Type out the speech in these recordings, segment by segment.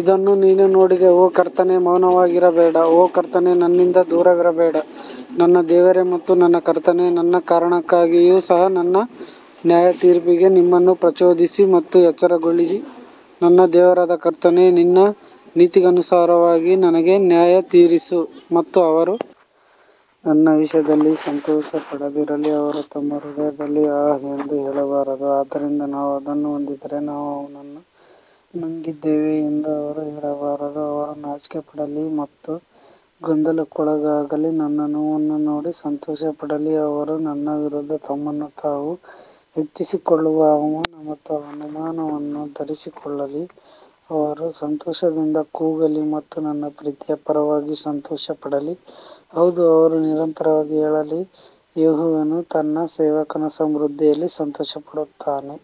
ಇದನ್ನು ನೀನು ನೋಡಿದೆ ಓ ಕರ್ತನೇ ಮೌನವಾಗಿರಬೇಡ ಓ ಕರ್ತನೇ ನನ್ನಿಂದ ದೂರವಿರಬೇಡ ನನ್ನ ದೇವರೇ ಮತ್ತು ನನ್ನ ಕರ್ತನೇ, ನನ್ನ ಕಾರಣಕ್ಕಾಗಿಯೂ ಸಹ ನನ್ನ ನ್ಯಾಯತೀರ್ಪಿಗೆ ನಿಮ್ಮನ್ನು ಪ್ರಚೋದಿಸಿ ಮತ್ತು ಎಚ್ಚರಗೊಳ್ಳಿ ನನ್ನ ದೇವರಾದ ಕರ್ತನೇ ನಿನ್ನ ನೀತಿಗನುಸಾರವಾಗಿ ನನಗೆ ನ್ಯಾಯತೀರಿಸು ಮತ್ತು ಅವರು ನನ್ನ ವಿಷಯದಲ್ಲಿ ಸಂತೋಷಪಡದಿರಲಿ ಅವರು ತಮ್ಮ ಹೃದಯದಲ್ಲಿ ಆಹ್ ಎಂದು ಹೇಳಬಾರದು, ಆದ್ದರಿಂದ ನಾವು ಅದನ್ನು ಹೊಂದಿದ್ದರೆ ನಾವು ಅವನನ್ನು ನುಂಗಿದ್ದೇವೆ ಎಂದು ಅವರು ಹೇಳಬಾರದು ಅವರು ನಾಚಿಕೆಪಡಲಿ ಮತ್ತು ಗೊಂದಲಕ್ಕೊಳಗಾಗಲಿ, ನನ್ನ ನೋವನ್ನು ನೋಡಿ ಸಂತೋಷಪಡಲಿ, ಅವರು ನನ್ನ ವಿರುದ್ಧ ತಮ್ಮನ್ನು ತಾವು ಹೆಚ್ಚಿಸಿಕೊಳ್ಳುವ ಅವಮಾನ ಮತ್ತು ಅವಮಾನವನ್ನು ಧರಿಸಿಕೊಳ್ಳಲಿ ಅವರು ಸಂತೋಷದಿಂದ ಕೂಗಲಿ ಮತ್ತು ನನ್ನ ನೀತಿಯ ಪರವಾಗಿ ಸಂತೋಷಪಡಲಿ, ಹೌದು ಅವರು ನಿರಂತರವಾಗಿ ಹೇಳಲಿ, ಯೆಹೋವನು ತನ್ನ ಸೇವಕನ ಸಮೃದ್ಧಿಯಲ್ಲಿ ಸಂತೋಷಪಡುತ್ತಾನೆ.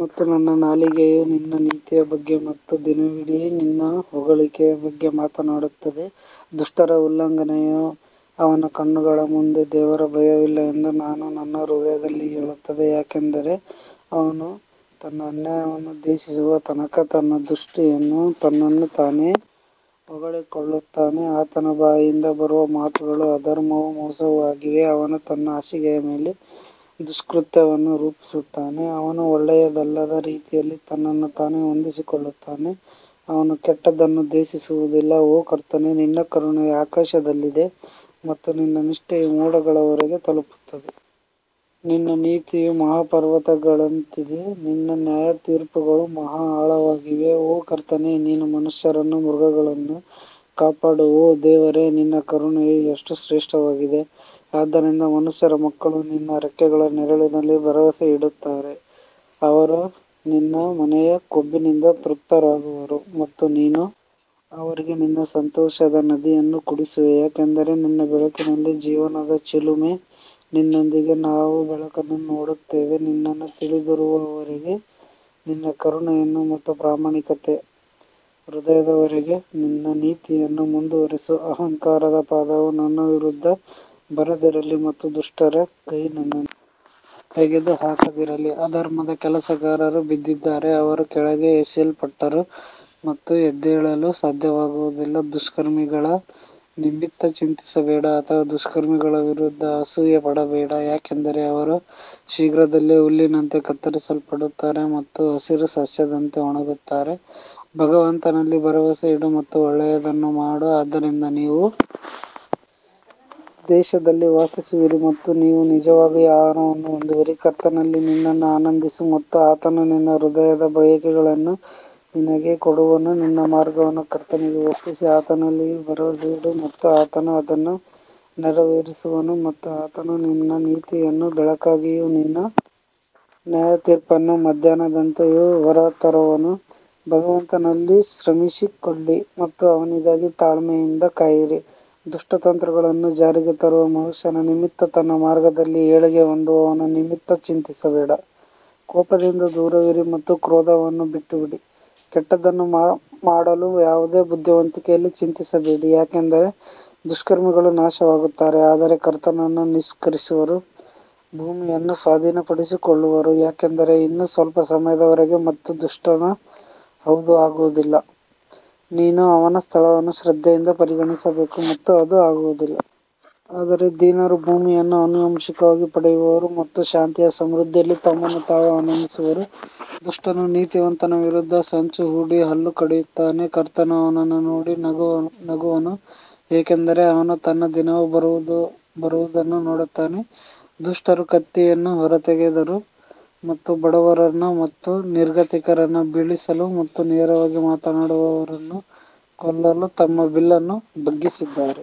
ಮತ್ತು ನನ್ನ ನಾಲಿಗೆಯು ನಿನ್ನ ನೀತಿಯ ಬಗ್ಗೆ ಮತ್ತು ದಿನವಿಡೀ ನಿನ್ನ ಹೊಗಳಿಕೆಯ ಬಗ್ಗೆ ಮಾತನಾಡುತ್ತದೆ ದುಷ್ಟರ ಉಲ್ಲಂಘನೆಯು ಅವನ ಕಣ್ಣುಗಳ ಮುಂದೆ ದೇವರ ಭಯವಿಲ್ಲ ಎಂದು ನನ್ನ ಹೃದಯದಲ್ಲಿ ಹೇಳುತ್ತದೆ ಯಾಕಂದರೆ ಅವನು ತನ್ನ ಅನ್ಯಾಯವನ್ನು ದ್ವೇಷಿಸುವ ತನಕ ತನ್ನ ದೃಷ್ಟಿಯಲ್ಲಿ ತನ್ನನ್ನು ತಾನೇ ಹೊಗಳಿಕೊಳ್ಳುತ್ತಾನೆ ಆತನ ಬಾಯಿಂದ ಬರುವ ಮಾತುಗಳು ಅಧರ್ಮವೂ ಮೋಸವೂ ಆಗಿವೆ, ಅವನು ತನ್ನ ಹಾಸಿಗೆಯ ಮೇಲೆ ದುಷ್ಕೃತ್ಯವನ್ನು ರೂಪಿಸುತ್ತಾನೆ, ಅವನು ಒಳ್ಳೆಯದಲ್ಲದ ರೀತಿಯಲ್ಲಿ ತನ್ನನ್ನು ತಾನೇ ಹೊಂದಿಸಿಕೊಳ್ಳುತ್ತಾನೆ, ಅವನು ಕೆಟ್ಟದ್ದನ್ನು ದ್ವೇಷಿಸುವುದಿಲ್ಲ ಓ ಕರ್ತನೇ ನಿನ್ನ ಕರುಣೆಯು ಆಕಾಶದಲ್ಲಿದೆ ಮತ್ತು ನಿನ್ನ ನಿಷ್ಠೆಯು ಮೋಡಗಳವರೆಗೆ ತಲುಪುತ್ತದೆ ನಿನ್ನ ನೀತಿಯು ಮಹಾಪರ್ವತಗಳಂತಿದೆ ನಿನ್ನ ನ್ಯಾಯತೀರ್ಪುಗಳು ಮಹಾ ಆಳವಾಗಿವೆ ಓ ಕರ್ತನೇ ನೀನು ಮನುಷ್ಯರನ್ನೂ ಮೃಗಗಳನ್ನೂ ಕಾಪಾಡು ಓ ದೇವರೇ ನಿನ್ನ ಕರುಣೆಯು ಎಷ್ಟು ಶ್ರೇಷ್ಠವಾಗಿದೆ, ಆದ್ದರಿಂದ ಮನುಷ್ಯರ ಮಕ್ಕಳು ನಿನ್ನ ರೆಕ್ಕೆಗಳ ನೆರಳಿನಲ್ಲಿ ಭರವಸೆಯಿಡುತ್ತಾರೆ ಅವರು ನಿನ್ನ ಮನೆಯ ಕೊಬ್ಬಿನಿಂದ ತೃಪ್ತರಾಗುವರು ಮತ್ತು ನೀನು ಅವರಿಗೆ ನಿನ್ನ ಸಂತೋಷದ ನದಿಯನ್ನು ಕುಡಿಸುವೆ ಯಾಕಂದರೆ ನಿನ್ನ ಬೆಳಕಿನಲ್ಲಿ ಜೀವನದ ಚಿಲುಮೆ ನಿನ್ನೊಂದಿಗಿದೆ ನಾವು ಬೆಳಕನ್ನು ನೋಡುತ್ತೇವೆ ನಿನ್ನನ್ನು ತಿಳಿದಿರುವವರಿಗೆ ನಿನ್ನ ಕರುಣೆಯನ್ನು ಮತ್ತು ಪ್ರಾಮಾಣಿಕ ಹೃದಯದವರಿಗೆ ನಿನ್ನ ನೀತಿಯನ್ನು ಮುಂದುವರಿಸು ಅಹಂಕಾರದ ಪಾದವು ನನ್ನ ವಿರುದ್ಧ ಬರದಿರಲಿ ಮತ್ತು ದುಷ್ಟರ ಕೈ ನನ್ನನ್ನು ತೆಗೆದುಹಾಕದಿರಲಿ ಅಧರ್ಮದ ಕೆಲಸಗಾರರು ಬಿದ್ದಿದ್ದಾರೆ ಅವರು ಕೆಳಗೆ ಎಸೆಯಲ್ಪಟ್ಟರು ಮತ್ತು ಎದ್ದೇಳಲು ಸಾಧ್ಯವಾಗುವುದಿಲ್ಲ ದುಷ್ಕರ್ಮಿಗಳ ನಿಮಿತ್ತ ಚಿಂತಿಸಬೇಡ ಅಥವಾ ದುಷ್ಕರ್ಮಿಗಳ ವಿರುದ್ಧ ಅಸೂಯೆಪಡಬೇಡ ಯಾಕಂದರೆ ಅವರು ಶೀಘ್ರದಲ್ಲೇ ಹುಲ್ಲಿನಂತೆ ಕತ್ತರಿಸಲ್ಪಡುತ್ತಾರೆ ಮತ್ತು ಹಸಿರು ಸಸ್ಯದಂತೆ ಒಣಗುತ್ತಾರೆ ಭಗವಂತನಲ್ಲಿ ಭರವಸೆಯಿಡು ಮತ್ತು ಒಳ್ಳೆಯದನ್ನು ಮಾಡು, ಆದ್ದರಿಂದ ನೀವು ದೇಶದಲ್ಲಿ ವಾಸಿಸುವಿರಿ ಮತ್ತು ನೀವು ನಿಜವಾಗಿಯೂ ಆಹಾರವನ್ನು ಹೊಂದುವಿರಿ ಕರ್ತನಲ್ಲಿ ನಿನ್ನನ್ನು ಆನಂದಿಸು ಮತ್ತು ಆತನು ನಿನ್ನ ಹೃದಯದ ಬಯಕೆಗಳನ್ನು ನಿನಗೆ ಕೊಡುವನು ನಿನ್ನ ಮಾರ್ಗವನ್ನು ಕರ್ತನಿಗೆ ಒಪ್ಪಿಸಿ ಆತನಲ್ಲಿಯೂ ಭರವಸೆಯಿಡು ಮತ್ತು ಆತನು ಅದನ್ನು ನೆರವೇರಿಸುವನು ಮತ್ತು ಆತನು ನಿನ್ನ ನೀತಿಯನ್ನು ಬೆಳಕಾಗಿಯೂ ನಿನ್ನ ನ್ಯಾಯತೀರ್ಪನ್ನು ಮಧ್ಯಾಹ್ನದಂತೆಯೂ ಹೊರತರುವನು ಭಗವಂತನಲ್ಲಿ ವಿಶ್ರಮಿಸಿಕೊಳ್ಳಿ ಮತ್ತು ಅವನಿಗಾಗಿ ತಾಳ್ಮೆಯಿಂದ ಕಾಯಿರಿ, ದುಷ್ಟ ತಂತ್ರಗಳನ್ನು ಜಾರಿಗೆ ತರುವ ಮನುಷ್ಯನ ನಿಮಿತ್ತ ತನ್ನ ಮಾರ್ಗದಲ್ಲಿ ಏಳಿಗೆ ಹೊಂದುವವನ ನಿಮಿತ್ತ ಚಿಂತಿಸಬೇಡ ಕೋಪದಿಂದ ದೂರವಿರಿ ಮತ್ತು ಕ್ರೋಧವನ್ನು ಬಿಟ್ಟುಬಿಡಿ, ಕೆಟ್ಟದ್ದನ್ನು ಮಾಡಲು ಯಾವುದೇ ಬುದ್ಧಿವಂತಿಕೆಯಲ್ಲಿ ಚಿಂತಿಸಬೇಡಿ ಯಾಕಂದರೆ ದುಷ್ಕರ್ಮಿಗಳು ನಾಶವಾಗುತ್ತಾರೆ ಆದರೆ ಕರ್ತನನ್ನು ನಿರೀಕ್ಷಿಸುವವರು ಭೂಮಿಯನ್ನು ಸ್ವಾಧೀನಪಡಿಸಿಕೊಳ್ಳುವರು ಯಾಕಂದರೆ ಇನ್ನೂ ಸ್ವಲ್ಪ ಸಮಯದವರೆಗೆ ಮತ್ತು ದುಷ್ಟನು ಹೌದು ಆಗುವುದಿಲ್ಲ, ನೀನು ಅವನ ಸ್ಥಳವನ್ನು ಶ್ರದ್ಧೆಯಿಂದ ಪರಿಗಣಿಸಬೇಕು ಮತ್ತು ಅದು ಆಗುವುದಿಲ್ಲ. ಆದರೆ ದೀನರು ಭೂಮಿಯನ್ನು ಆನುವಂಶಿಕವಾಗಿ ಪಡೆಯುವರು ಮತ್ತು ಶಾಂತಿಯ ಸಮೃದ್ಧಿಯಲ್ಲಿ ತಮ್ಮನ್ನು ತಾವು ಆನಂದಿಸುವರು ದುಷ್ಟನು ನೀತಿವಂತನ ವಿರುದ್ಧ ಸಂಚು ಹೂಡಿ ಹಲ್ಲು ಕಡಿಯುತ್ತಾನೆ ಕರ್ತನು ಅವನನ್ನು ನೋಡಿ ನಗುವನು ಏಕೆಂದರೆ ಅವನು ತನ್ನ ದಿನವು ಬರುವುದನ್ನು ನೋಡುತ್ತಾನೆ ದುಷ್ಟರು ಕತ್ತಿಯನ್ನು ಹೊರತೆಗೆದರು ಮತ್ತು ಬಡವರನ್ನು ಮತ್ತು ನಿರ್ಗತಿಕರನ್ನು ಬೀಳಿಸಲು ಮತ್ತು ನೇರವಾಗಿ ಮಾತನಾಡುವವರನ್ನು ಕೊಲ್ಲಲು ತಮ್ಮ ಬಿಲ್ಲನ್ನು ಬಗ್ಗಿಸಿದ್ದಾರೆ.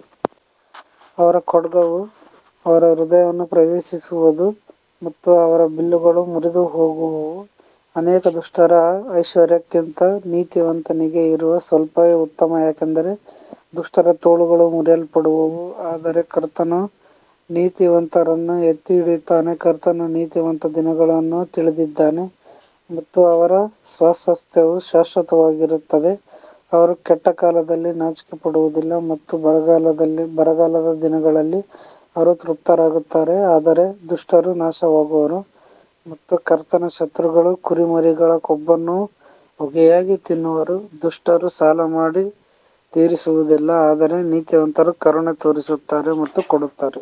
ಅವರ ಖಡ್ಗವು ಅವರ ಹೃದಯವನ್ನು ಪ್ರವೇಶಿಸುವದು ಮತ್ತು ಅವರ ಬಿಲ್ಲುಗಳು ಮುರಿದುಹೋಗುವವು ಅನೇಕ ದುಷ್ಟರ ಐಶ್ವರ್ಯಕ್ಕಿಂತ ನೀತಿವಂತನಿಗೆ ಇರುವ ಸ್ವಲ್ಪವೇ ಉತ್ತಮ ಯಾಕಂದರೆ ದುಷ್ಟರ ತೋಳುಗಳು ಮುರಿಯಲ್ಪಡುವವು ಆದರೆ ಕರ್ತನು ನೀತಿವಂತರನ್ನು ಎತ್ತಿ ಹಿಡಿಯುತ್ತಾನೆ ಕರ್ತನು ನೀತಿವಂತರ ದಿನಗಳನ್ನು ತಿಳಿದಿದ್ದಾನೆ ಮತ್ತು ಅವರ ಸ್ವಾಸ್ತ್ಯವು ಶಾಶ್ವತವಾಗಿರುತ್ತದೆ ಅವರು ಕೆಟ್ಟ ಕಾಲದಲ್ಲಿ ನಾಚಿಕೆಪಡುವದಿಲ್ಲ ಮತ್ತು ಬರಗಾಲದ ದಿನಗಳಲ್ಲಿ ಅವರು ತೃಪ್ತರಾಗುತ್ತಾರೆ ಆದರೆ ದುಷ್ಟರು ನಾಶವಾಗುವರು ಮತ್ತು ಕರ್ತನ ಶತ್ರುಗಳು ಕುರಿಮರಿಗಳ ಕೊಬ್ಬನ್ನು ಹೊಗೆಯಾಗಿ ತಿನ್ನುವರು ದುಷ್ಟರು ಸಾಲ ಮಾಡಿ ತೀರಿಸುವುದಿಲ್ಲ ಆದರೆ ನೀತಿವಂತರು ಕರುಣೆ ತೋರಿಸುತ್ತಾರೆ ಮತ್ತು ಕೊಡುತ್ತಾರೆ.